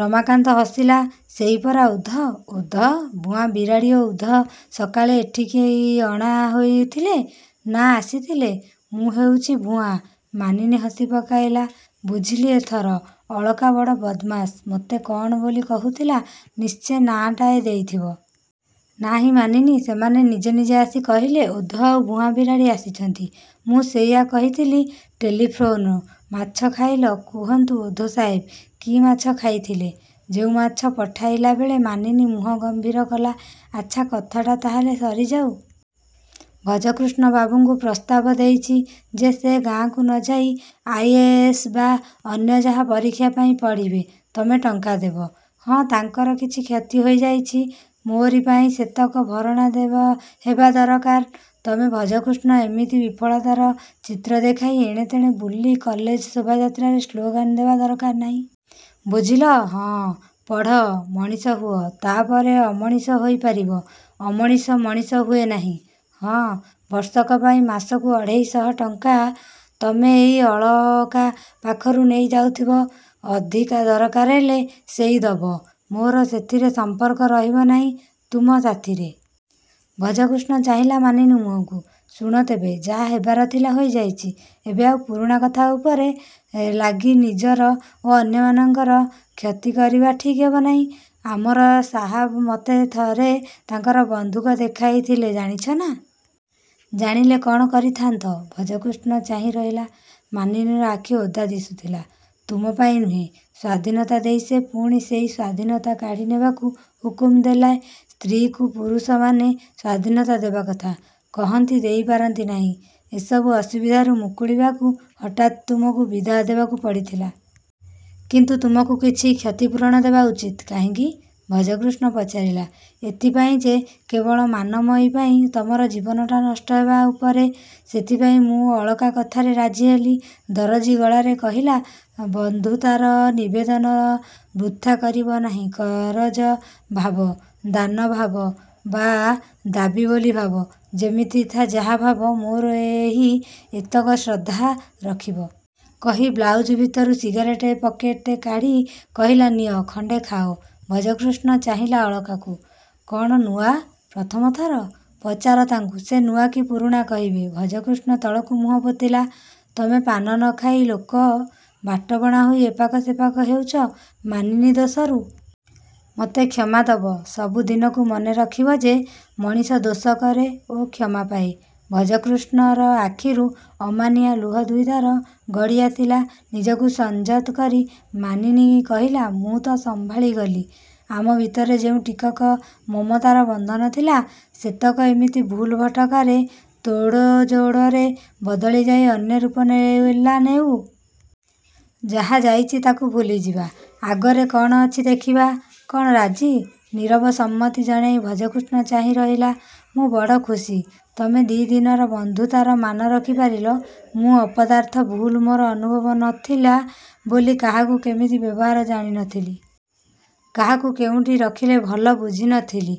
ରମାକାନ୍ତ ହସିଲା–ସେଇ ପରା ଓଧ। –ଓଧ? –ଭୁଆଁ ବିରାଡ଼ି ଓ ଓଧ ସକାଳେ ଏଠିକି ଅଣା ହେଇ ଥିଲେ? –ନା, ଆସିଥିଲେ। ମୁଁ ହେଉଛି ଭୁଆଁ– ମାନିନୀ ହସି ପକାଇଲା। ବୁଝିଲି ଏଥର। ଅଳକା ବଡ଼ ବଦମାସ୍–ମତେ କ'ଣ ବୋଲି କହୁଥିଲା। ନିଶ୍ଚେ ନାଁ ଟାଏ ଦେଇଥିବ। –ନାହିଁ, ମାନିନୀ, ସେମାନେ ନିଜେ ନିଜେ ଆସି କହିଲେ ଓଧ ଆଉ ଭୁଆଁ ବିରାଡ଼ି ଆସିଛନ୍ତି। ମୁଁ ସେଇଆ କହିଥିଲି ଟେଲିଫୋନ୍ରେ। –ମାଛ ଖାଇଲ? –କୁହନ୍ତୁ ଓଧ ସାହେବ, କି ମାଛ ଖାଇଥିଲେ? –ଯେଉଁ ମାଛ ପଢ଼ାଇଲା ବେଳେ ମାନିନୀ ମୁହଁ ଗମ୍ଭୀର କଲା। –ଆଚ୍ଛା, କଥାଟା ତାହେଲେ ସରିଯାଉ। ଭଜକୃଷ୍ଣବାବୁଙ୍କୁ ପ୍ରସ୍ତାବ ଦେଇଛି ଯେ ସେ ଗାଁକୁ ନ ଯାଇ ଆଇ. ଏ. ଏସ୍ ବା ଅନ୍ୟ ଯାହା ପରୀକ୍ଷା ପାଇଁ ପଢ଼ିବେ ତମେ ଟଙ୍କା ଦେବ। –ହଁ। ତାଙ୍କର କିଛି କ୍ଷତି ହୋଇଯାଇଛି ମୋରି ପାଇଁ ସେତକ ଭରଣା ହବା ଦରକାର। ତମେ ଭଜକୃଷ୍ଣ ଏମିତି ବିଫଳତାର ଚିତ୍ର ଦେଖାଇ ଏଣେ ତେଣେ ବୁଲି କଲେଜ ଶୋଭାଯାତ୍ରାରେ ସ୍ଳୋଗାନ ଦେବା ଦରକାର ନାହିଁ। ବୁଝିଲ। –ହଁ। –ପଢ଼। ମଣିଷ ହୁଅ। ତା'ପରେ ଅମଣିଷ ହେଇପାରିବ। ଅମଣିଷ ମଣିଷ ହୁଏ ନାହିଁ-। –ହଁ। –ବର୍ଷକ ପାଇଁ ମାସକୁ ଅଢ଼େଇଶହ ଟଙ୍କା ତମେ ଏଇ ଅଳକା ପାଖରୁ ନେଇ ଯାଉଥିବ-। ଅଧିକା ଦରକାର ହେଲେ ସେଇ ଦବ। ମୋର ସେଥିରେ ସଂପର୍କ ରହିବ ନାହିଁ ତୁମ ସାଥିରେ-। –ଭଜକୃଷ୍ଣ ଚାହିଁଲା ମାନିନୀ ମୁହଁକୁ। –ଶୁଣ ତେବେ। ଯାହା ହବାର ଥିଲା ହେଇଯାଇଛି। ଏବେ ଆଉ ପୁରୁଣା କଥା ଉପରେ ଲାଗି ନିଜର ଓ ଅନ୍ୟମାନଙ୍କର କ୍ଷତି କରିବା ଠିକ୍ ହେବ ନାହିଁ। ଆମର ସାହାବ ମତେ ଥରେ ତାଙ୍କର ବନ୍ଧୁକ ଦେଖାଇଥିଲେ ଜାଣିଛ? –ନା। –ଜାଣିଲେ କ'ଣ କରିଥାନ୍ତ? ଭଜକୃଷ୍ଣ ଚାହିଁ ରହିଲା। ମାନିନୀର ଆଖି ଓଦା ଦିଶୁଥିଲା। –ତୁମ ପାଇଁ ନୁହେଁ। ସ୍ୱାଧୀନତା ଦେଇ ସେ ପୁଣି ସେଇ ସ୍ୱାଧୀନତା କାଢ଼ି ନେବାକୁ ହୁକୁମ୍ ଦେଲେ। ସ୍ତ୍ରୀ'କୁ ପୁରୁଷମାନେ ସ୍ୱାଧୀନତା ଦେବା କଥା କହନ୍ତି–ଦେଇ ପାରନ୍ତି ନାହିଁ।... ଏସବୁ ଅସୁବିଧାରୁ ମୁକୁଳିବାକୁ ହଠାତ୍ ତୁମକୁ ବିଦାୟ ଦେବାକୁ ପଡ଼ିଥିଲା। କିନ୍ତୁ ତୁମକୁ କିଛି କ୍ଷତିପୂରଣ ଦେବା ଉଚିତ୍? –କାହିଁକି? ଭଜକୃଷ୍ଣ ପଚାରିଲା। –ଏଇଥିପାଇଁ ଯେ କେବଳ ମାନମୟୀ ପାଇଁ ତମର ଜୀବନଟା ନଷ୍ଟ ହେବା ଉପରେ... ସେଥିପାଇଁ ମୁଁ ଅଳକା କଥାରେ ରାଜି ହେଲି। ଦରଦୀ ଗଳାରେ କହିଲା–ବନ୍ଧୁତାର ନିବେଦନ ବୃଥା କରିବ ନାହିଁ କରଜ ଭାବ, ଦାନ ଭାବ ବା ଦାବୀ ବୋଲି ଭାବ–ଯେମିତି ଇଚ୍ଛା ଯାହା ଭାବ–ମୋର ଏହି ଏତକ ଶ୍ରଦ୍ଧା ରଖିବ। କହି ବ୍ଲାଉଜ୍ ଭିତରୁ ସିଗାରେଟ୍ ପ୍ୟାକେଟ୍ କାଢ଼ି କହିଲା–ନିଅ, ଖଣ୍ଡେ ଖାଅ। ଭଜକୃଷ୍ଣ ଚାହିଁଲା ଅଳକାକୁ। –କ'ଣ ନୂଆ? ପ୍ରଥମ ଥର? –ପଚାର ତାଙ୍କୁ। ସେ ନୂଆ କି ପୁରୁଣା କହିବେ। ଭଜକୃଷ୍ଣ ତଳକୁ ମୁହଁ ପୋତିଲା। –ତମେ ପାନ ନ ଖାଇବା ଲୋକ। ବାଟବଣା ହେଇ ଏପାଖ ସେପାଖ ହେଉଛ–ମାନିନୀ ଦୋଷରୁ। ମତେ କ୍ଷମା ଦବ... ସବୁ ଦିନକୁ ମନେ ରଖିବ ଯେ ମଣିଷ ଦୋଷ କରେ ଓ କ୍ଷମା ପାଏ। ଭଜକୃଷ୍ଣର ଆଖିରୁ ଅମାନିଆ ଲୁହ ଦୁଇଧାର ଗଡ଼ି ଆସିଲା। ନିଜକୁ ସଂଯତ କରି ମାନିନୀ କହିଲା–ମୁଁ ତ ସମ୍ଭାଳି ଗଲି। ଆମ ଭିତରେ ଯେଉଁ ଟିକକ ମମତାର ବନ୍ଧନ ଥିଲା ସେତକ ଏମିତି ଭୁଲ ଭଟକାର ତୋଡ଼ଯୋଡ଼ରେ ବଦଳି ଯାଇ ଅନ୍ୟ ରୂପ ନେଲା–ନେଉ। ଯାହା ଯାଇଛି ତା'କୁ ଭୁଲିଯିବା। ଆଗରେ କ'ଣ ଅଛି ଦେଖିବା। –କ'ଣ ରାଜି? ନୀରବ ସମ୍ମତି ଜଣାଇ ଭଜକୃଷ୍ଣ ଚାହିଁ ରହିଲା। –ମୁଁ ବଡ଼ ଖୁସି। ତମେ ଦି'ଦିନର ବନ୍ଧୁତାର ମାନ ରଖି ପାରିଲ। –ମୁଁ ଅପଦାର୍ଥ। –ଭୁଲ ମୋର। ଅନୁଭବ ନ ଥିଲା ବୋଲି କାହାକୁ କେମିତି ବ୍ୟବହାର ଜାଣି ନ ଥିଲି। କାହାକୁ କେଉଁଠି ରଖିଲେ ଭଲ–ବୁଝି ନ ଥିଲି।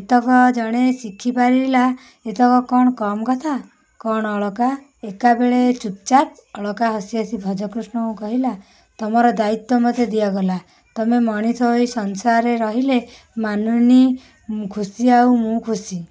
ଏତକ ଜଣେ ଶିଖି ପାରିଲା, ଏତକ କ'ଣ କମ୍ କଥା? –କ'ଣ ଅଳକା ଏକାବେଳେକେ ଚୁପ୍ ଚାପ୍? ଅଳକା ହସି ହସି ଭଜକୃଷ୍ଣକୁ କହିଲା–ତମର ଦାୟିତ୍ୱ ମୋତେ ଦିଆଗଲା। ତମେ ମଣିଷ ହୋଇ ସଂସାରରେ ରହିଲେ ମାନିନୀ ଖୁସି ଆଉ ମୁଁ ଖୁସି।